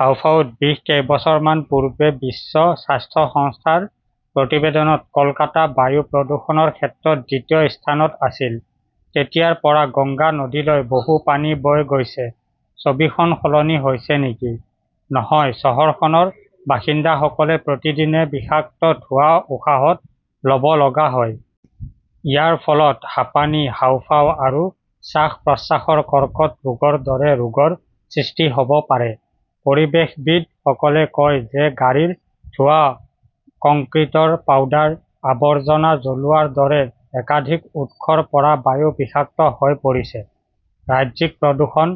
হাঁওফাঁওত বিষ কেইবছৰমান পূৰ্বে বিশ্ব স্বাস্থ্য সংস্থাৰ প্ৰতিবেদনত কলকাতা বায়ু প্ৰদূষণৰ ক্ষেত্ৰত দ্বিতীয় স্থানত আছিল। তেতিয়াৰ পৰা গংগা নদীলৈ বহু পানী বৈ গৈছে। ছবিখন সলনি হৈছে নেকি? নহয়, চহৰখনৰ বাসিন্দাসকলে প্ৰতিদিনে বিষাক্ত ধোঁৱা উশাহত লব লগা হয়। ইয়াৰ ফলত হাঁপানি, হাঁওফাঁও আৰু শ্বাস-প্ৰশ্বাসৰ কৰ্কট ৰোগৰ দৰে ৰোগৰ সৃষ্টি হব পাৰে। পৰিৱেশবিদ সকলে কয় যে, গাড়ীৰ ধোঁৱা, কংক্ৰিটৰ পাউডাৰ, আৱৰ্জনা জ্বলোৱাৰ দৰে একাধিক উৎসৰ পৰা বায়ু বিষাক্ত হৈ পৰিছে। ৰাজ্যিক প্ৰদূষণ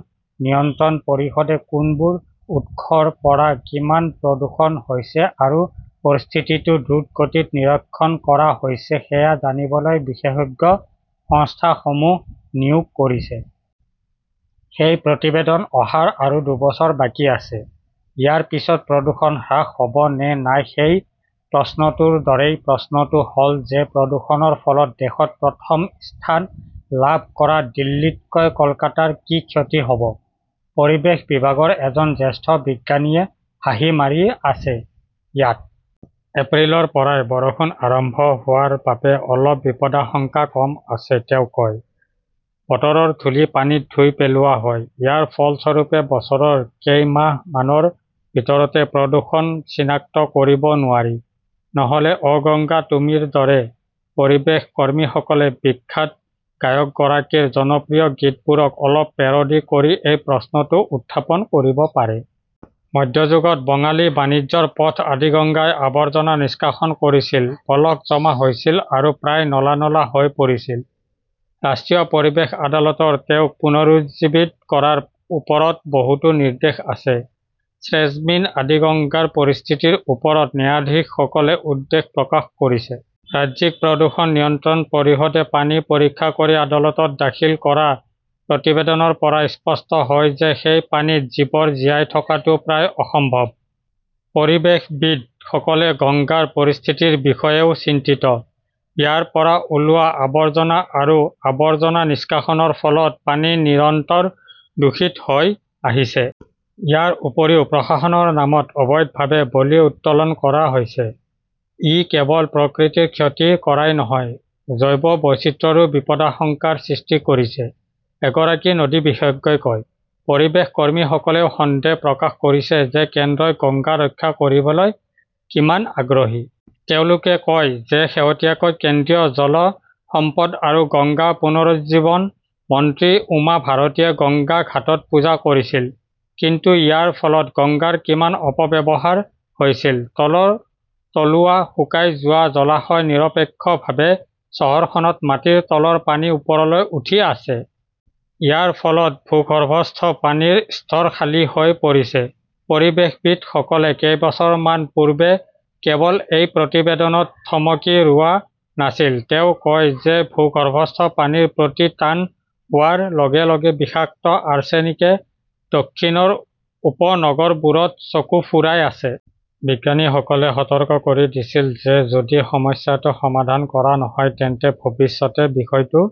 নিয়ন্ত্ৰণ পৰিষদে কোনবোৰ উৎসৰ পৰা কিমান প্ৰদূষণ হৈছে আৰু পৰিস্থিতিটো দ্ৰুতগতিত নিৰীক্ষণ কৰা হৈছে সেয়া জানিবলৈ বিশেষজ্ঞ সংস্থাসমূহ নিয়োগ কৰিছে। সেই প্ৰতিবেদন অহাৰ আৰু দুবছৰ বাকী আছে। ইয়াৰ পিছত প্ৰদূষণ হ্ৰাস হব নে নাই সেই প্ৰশ্নটোৰ দৰেই প্ৰশ্নটো হল যে, প্ৰদূষণৰ ফলত দেশত প্ৰথম স্থান লাভ কৰা দিল্লীতকৈ কলকাতাৰ কি ক্ষতি হব? পৰিৱেশ বিভাগৰ এজন জ্যেষ্ঠ বিজ্ঞানীয়ে হাঁহি মাৰি আছে। ইয়াত এপ্ৰিলৰ পৰাই বৰষুণ আৰম্ভ হোৱাৰ বাবে অলপ বিপদাশংকা কম আছে, তেওঁ কয়। বতৰৰ ধূলি পানীত ধুই পেলোৱা হয়। ইয়াৰ ফলস্বৰূপে বছৰৰ কেইমাহমানৰ ভিতৰতে প্ৰদূষণ চিনাক্ত কৰিব নোৱাৰি। নহলে অ'গংগা তুমিৰ দৰে পৰিৱেশ কৰ্মীসকলে বিখ্যাত গায়কগৰাকীৰ জনপ্ৰিয় গীতবোৰক অলপ পেৰোডি কৰি এই প্ৰশ্নটো উত্থাপন কৰিব পাৰে। মধ্যযুগত বঙালী বাণিজ্যৰ পথ আদিগংগাই আবৰ্জনা নিষ্কাশন কৰিছিল, পলস জমা হৈছিল আৰু প্ৰায় নলা-নলা হৈ পৰিছিল। ৰাষ্ট্ৰীয় পৰিৱেশ আদালতৰ তেওঁক পুনৰুজ্জীৱিত কৰাৰ ওপৰত বহুতো নিৰ্দেশ আছে। শ্ৰেজমিন আদিগঙ্গাৰ পৰিস্থিতিৰ ওপৰত ন্যায়াধীশসকলে উদ্বেগ প্ৰকাশ কৰিছে। ৰাজ্যিক প্ৰদূষণ নিয়ন্ত্ৰণ পৰিষদে পানী পৰীক্ষা কৰি আদালতত দাখিল কৰা প্ৰতিবেদনৰ পৰা স্পষ্ট হয় যে সেই পানীত জীৱৰ জীয়াই থকাটো প্ৰায় অসম্ভৱ। পৰিৱেশবিদ সকলে গংগাৰ পৰিস্থিতিৰ বিষয়েও চিন্তিত। ইয়াৰ পৰা ওলোৱা আৱৰ্জনা আৰু আৱৰ্জনা নিষ্কাশনৰ ফলত পানী নিৰন্তৰ দূষিত হৈ আহিছে। ইয়াৰ উপৰিও প্ৰশাসনৰ নামত অবৈধভাৱে বালি উত্তোলন কৰা হৈছে। ই কেৱল প্ৰকৃতিৰ ক্ষতি কৰাই নহয়, জৈৱ বৈচিত্ৰ্যৰো বিপদাশংকাৰ সৃষ্টি কৰিছে, এগৰাকী নদী বিশেষজ্ঞই কয়। পৰিৱেশ কৰ্মীসকলেও সন্দেহ প্ৰকাশ কৰিছে যে কেন্দ্ৰই গংগা ৰক্ষা কৰিবলৈ কিমান আগ্ৰহী? তেওঁলোকে কয় যে শেহতীয়াকৈ কেন্দ্ৰীয় জল সম্পদ আৰু গংগা পুনৰুজ্জীৱন মন্ত্ৰী উমা ভাৰতীয়ে গংগা ঘাটত পূজা কৰিছিল। কিন্তু ইয়াৰ ফলত গংগাৰ কিমান অপব্যৱহাৰ হৈছিল? তলৰ তলুৱা, শুকাই যোৱা জলাশয় নিৰপেক্ষভাৱে চহৰখনত মাটিৰ তলৰ পানী ওপৰলৈ উঠি আছে। ইয়াৰ ফলত ভূগৰ্ভস্থ পানীৰ স্তৰ খালী হৈ পৰিছে। পৰিৱেশবিদ সকলে কেইবছৰমান পূৰ্বে কেৱল এই প্ৰতিবেদনত থমকি ৰোৱা নাছিল। তেওঁ কয় যে ভূগৰ্ভস্থ পানীৰ প্ৰতি টান হোৱাৰ লগে লগে বিষাক্ত আৰ্ছেনিকে দক্ষিণৰ উপনগৰবোৰত চকু ফুৰাই আছে। বিজ্ঞানীসকলে সতৰ্ক কৰি দিছিল যে যদি সমস্যাটো সমাধান কৰা নহয় তেন্তে ভৱিষ্যতে বিষয়টো--